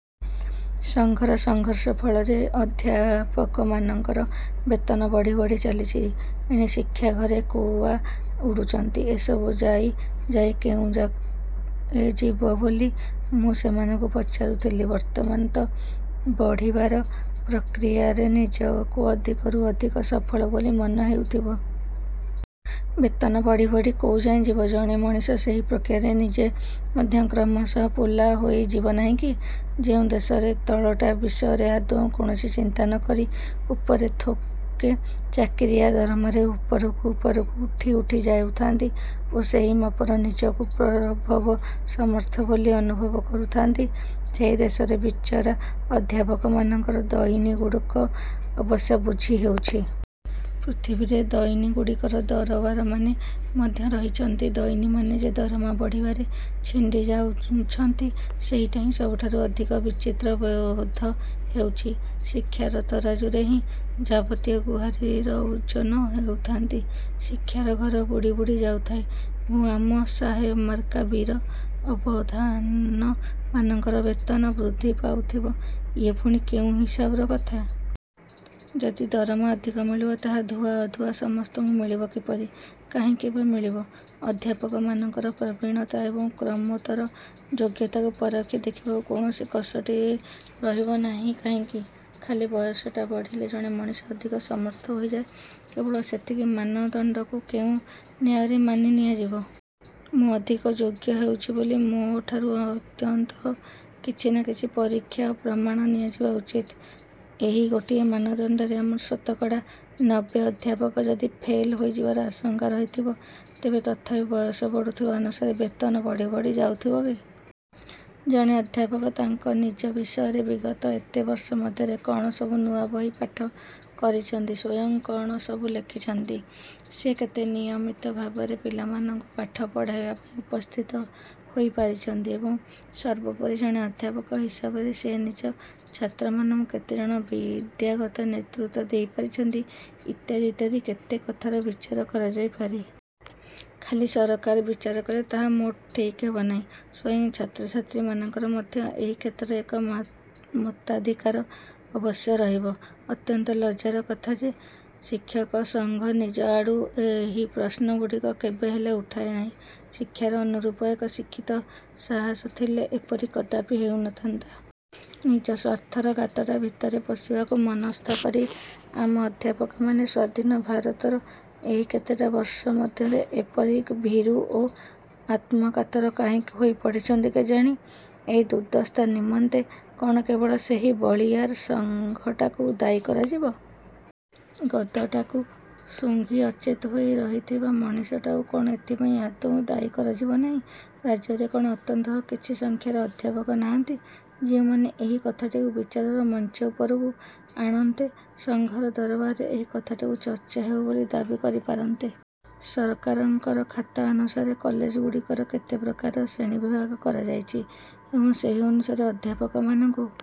ସଂଘର ସଂଘର୍ଷ ଫଳରେ ଅଧ୍ୟାପକମାନଙ୍କର ବେତନ ବଢ଼ି ବଢ଼ି ଚାଲିଛି। ଏଣେ ଶିକ୍ଷା ଘରେ କୁଆ ଉଡୁଛନ୍ତି। ଏସବୁ ଯାଇ ଯାଇ କେଉଁଯାଏ ଯିବ ବୋଲି ମୁଁ ସେମାନଙ୍କୁ ପଚାରୁଥିଲି। ବର୍ତ୍ତମାନ ତ ବଢ଼ିବାର ପ୍ରକ୍ରିୟାରେ ନିଜକୁ ଅଧିକରୁ ଅଧିକ ସଫଳ ବୋଲି ମନେ ହେଉଥିବ। ବେତନ ବଢ଼ି ବଢ଼ି କୋଉଯାଏ ଯିବ। ଜଣେ ମଣିଷ ସେହି ପ୍ରକ୍ରିୟାରେ ନିଜେ ମଧ୍ୟ କ୍ରମଶଃ ପୋଲା ହୋଇ ଯିବନାହିଁ କି? ଯେଉଁ ଦେଶରେ ତଳଟା ବିଷୟରେ ଆଦୌ କୌଣସି ଚିନ୍ତା ନକରି ଉପରେ ଥୋକେ ଚାକିରିଆ ଦରମାରେ ଉପରକୁ ଉଠି ଉଠି ଯାଉଥାନ୍ତି ଓ ସେହି ମାପରେ ନିଜକୁ ପ୍ରଭବସମର୍ଥ ବୋଲି ଅନୁଭବ କରୁଥାନ୍ତି, ସେହି ଦେଶରେ ବିଚରା ଅଧ୍ୟାପକମାନଙ୍କର ଦଇନିଗୁଡ଼ିକ ଅବଶ୍ୟ ବୁଝି ହେଉଛି। ପୃଥିବୀରେ ଦଇନିଗୁଡ଼ିକର ଦରବାରମାନେ ମଧ୍ୟ ରହିଛନ୍ତି। ଦଇନିମାନେ ଯେ ଦରମା ବଢ଼ିବାରେ ଛିଣ୍ଡି ଯାଉଛନ୍ତି ସେଇଟା ହିଁ ସବୁଠାରୁ ଅଧିକ ବିଚିତ୍ର ବୋଧ ହେଉଛି। ଶିକ୍ଷାର ତରାଜୁରେ ହିଁ ଯାବତୀୟ ଗୁହାରିର ଓଜନ ହେଉଥାନ୍ତା। ଶିକ୍ଷାର ଘର ବୁଡ଼ି ବୁଡ଼ି ଯାଉଥିବ ଏବଂ ଆମ ସାହେବମାର୍କା ବୀର ଅବଧାନମାନଙ୍କର ବେତନ ବୃଦ୍ଧି ପାଉଥିବ, ଇଏ ପୁଣି କେଉଁ ହିସାବର କଥା? ଯଦି ଦରମା ଅଧିକ ମିଳିବ, ତାହା ଧୁଆ ଅଧୁଆ ସମସ୍ତଙ୍କୁ ମିଳିବ କିପରି? କାହିଁକି ବା ମିଳିବ? ଅଧ୍ୟାପକମାନଙ୍କର ପ୍ରବୀଣତା ଏବଂ କ୍ରମୋତ୍ତର ଯୋଗ୍ୟତାକୁ ପରଖି ଦେଖିବାକୁ କୌଣସି କଷଟି ରହିବ ନାହିଁ କାହିଁକି? ଖାଲି ବୟସଟା ବଢ଼ିଲେ ଜଣେ ମଣିଷ ଅଧିକ ସମର୍ଥ ହୋଇଯାଏ, କେବଳ ସେତିକି ମାନଦଣ୍ଡକୁ କେଉଁ ନ୍ୟାୟରେ ମାନି ନିଆଯିବ? ମୁଁ ଅଧିକ ଯୋଗ୍ୟ ହେଉଛି ବୋଲି ମୋ ଠାରୁ ଅନ୍ତତଃ କିଛି ନା କିଛି ପରୀକ୍ଷା ଓ ପ୍ରମାଣ ନିଆଯିବା ଉଚିତ। ଏହି ଗୋଟିଏ ମାନଦଣ୍ଡରେ ଆମର ଶତକଡ଼ା ନବେ ଅଧ୍ୟାପକ ଯଦି ଫେଲ୍ ହୋଇଯିବାର ଆଶଙ୍କା ରହିଥିବ, ତେବେ ତଥାପି ବୟସ ବଢୁଥିବା ଅନୁସାରେ ବେତନ ବଢ଼ି ବଢ଼ି ଯାଉଥିବ କି? ଜଣେ ଅଧ୍ୟାପକ ତାଙ୍କ ନିଜ ବିଷୟରେ ବିଗତ ଏତେ ବର୍ଷ ମଧ୍ୟରେ କଣ ସବୁ ନୂଆ ବହି ପାଠ କରିଛନ୍ତି, ସ୍ୱୟଂ କଣ ସବୁ ଲେଖିଛନ୍ତି, ସିଏ କେତେ ନିୟମିତ ଭାବରେ ପିଲାମାନଙ୍କୁ ପାଠ ପଢ଼ାଇବା ପାଇଁ ଉପସ୍ଥିତ ହୋଇ ପାରିଛନ୍ତି, ଏବଂ ସର୍ବୋପରି, ଜଣେ ଅଧ୍ୟାପକ ହିସାବରେ ସିଏ ନିଜ ଛାତ୍ରମାନଙ୍କୁ କେତେ କଣ ବିଦ୍ୟାଗତ ନେତୃତ୍ଵ ଦେଇ ପାରିଛନ୍ତି, ଇତ୍ୟାଦି ଇତ୍ୟାଦି କେତେ କଥାର ବିଚାର କରାଯାଇପାରେ। ଖାଲି ସରକାର ବିଚାର କଲେ ତାହା ମୋଟେ ଠିକ୍ ହେବ ନାହିଁ। ସ୍ଵୟଂ ଛାତ୍ରଛାତ୍ରୀମାନଙ୍କର ମଧ୍ୟ ଏହି କ୍ଷେତ୍ରରେ ଏକ ମତାଧିକାର ଅବଶ୍ୟ ରହିବ। ଅତ୍ୟନ୍ତ ଲଜ୍ଜାର କଥା ଯେ, ଶିକ୍ଷକ ସଂଘ ନିଜ ଆଡୁ ଏହି ପ୍ରଶ୍ନଗୁଡ଼ିକ କେବେ ହେଲେ ଉଠାଏ ନାହିଁ। ଶିକ୍ଷାର ଅନୁରୂପ ଏକ ଶିକ୍ଷିତ ସାହସ ଥିଲେ ଏପରି କଦାପି ହେଉ ନଥାନ୍ତା। ନିଜ ସ୍ୱାର୍ଥର ଗାତଟା ଭିତରେ ପଶିବାକୁ ମନସ୍ଥ କରି ଆମ ଅଧ୍ୟାପକମାନେ ସ୍ୱାଧୀନ ଭାରତର ଏହି କେତେଟା ବର୍ଷ ମଧ୍ୟରେ ଏପରି ଭୀରୁ ଓ ଆତ୍ମକାତର କାହିଁକି ହୋଇ ପଡ଼ିଛନ୍ତି କେଜାଣି? ଏହି ଦୁର୍ଦ୍ଦଶା ନିମନ୍ତେ କଣ କେବଳ ସେହି ବଳୀୟାର ସଂଘଟାକୁ ଦାୟୀ କରାଯିବ? ଗଦଟାକୁ ସୁଂଘି ଅଚେତ ହୋଇ ରହିଥିବା ମଣିଷଟାକୁ କଣ ଏଥିପାଇଁ ଆଦୌ ଦାୟୀ କରାଯିବ ନାହିଁ? ରାଜ୍ୟରେ କଣ ଅନ୍ତତଃ କିଛି ସଂଖ୍ୟାର ଅଧ୍ୟାପକ ନାହାନ୍ତି, ଯେଉଁମାନେ ଏହି କଥାଟିକୁ ବିଚାରର ମଞ୍ଚ ଉପରକୁ। ଆଣନ୍ତେ, ସଂଘର ଦରବାରରେ ଏହି କଥାଟିର ଚର୍ଚ୍ଚା ହେଉ ବୋଲି ଦାବି କରି ପାରନ୍ତେ। ସରକାରଙ୍କର ଖାତା ଅନୁସାରେ କଲେଜଗୁଡ଼ିକର କେତେ ପ୍ରକାର ଶ୍ରେଣୀବିଭାଗ କରାଯାଇଛି ଏବଂ ସେହି ଅନୁସାରେ ଅଧ୍ୟାପକମାନଙ୍କୁ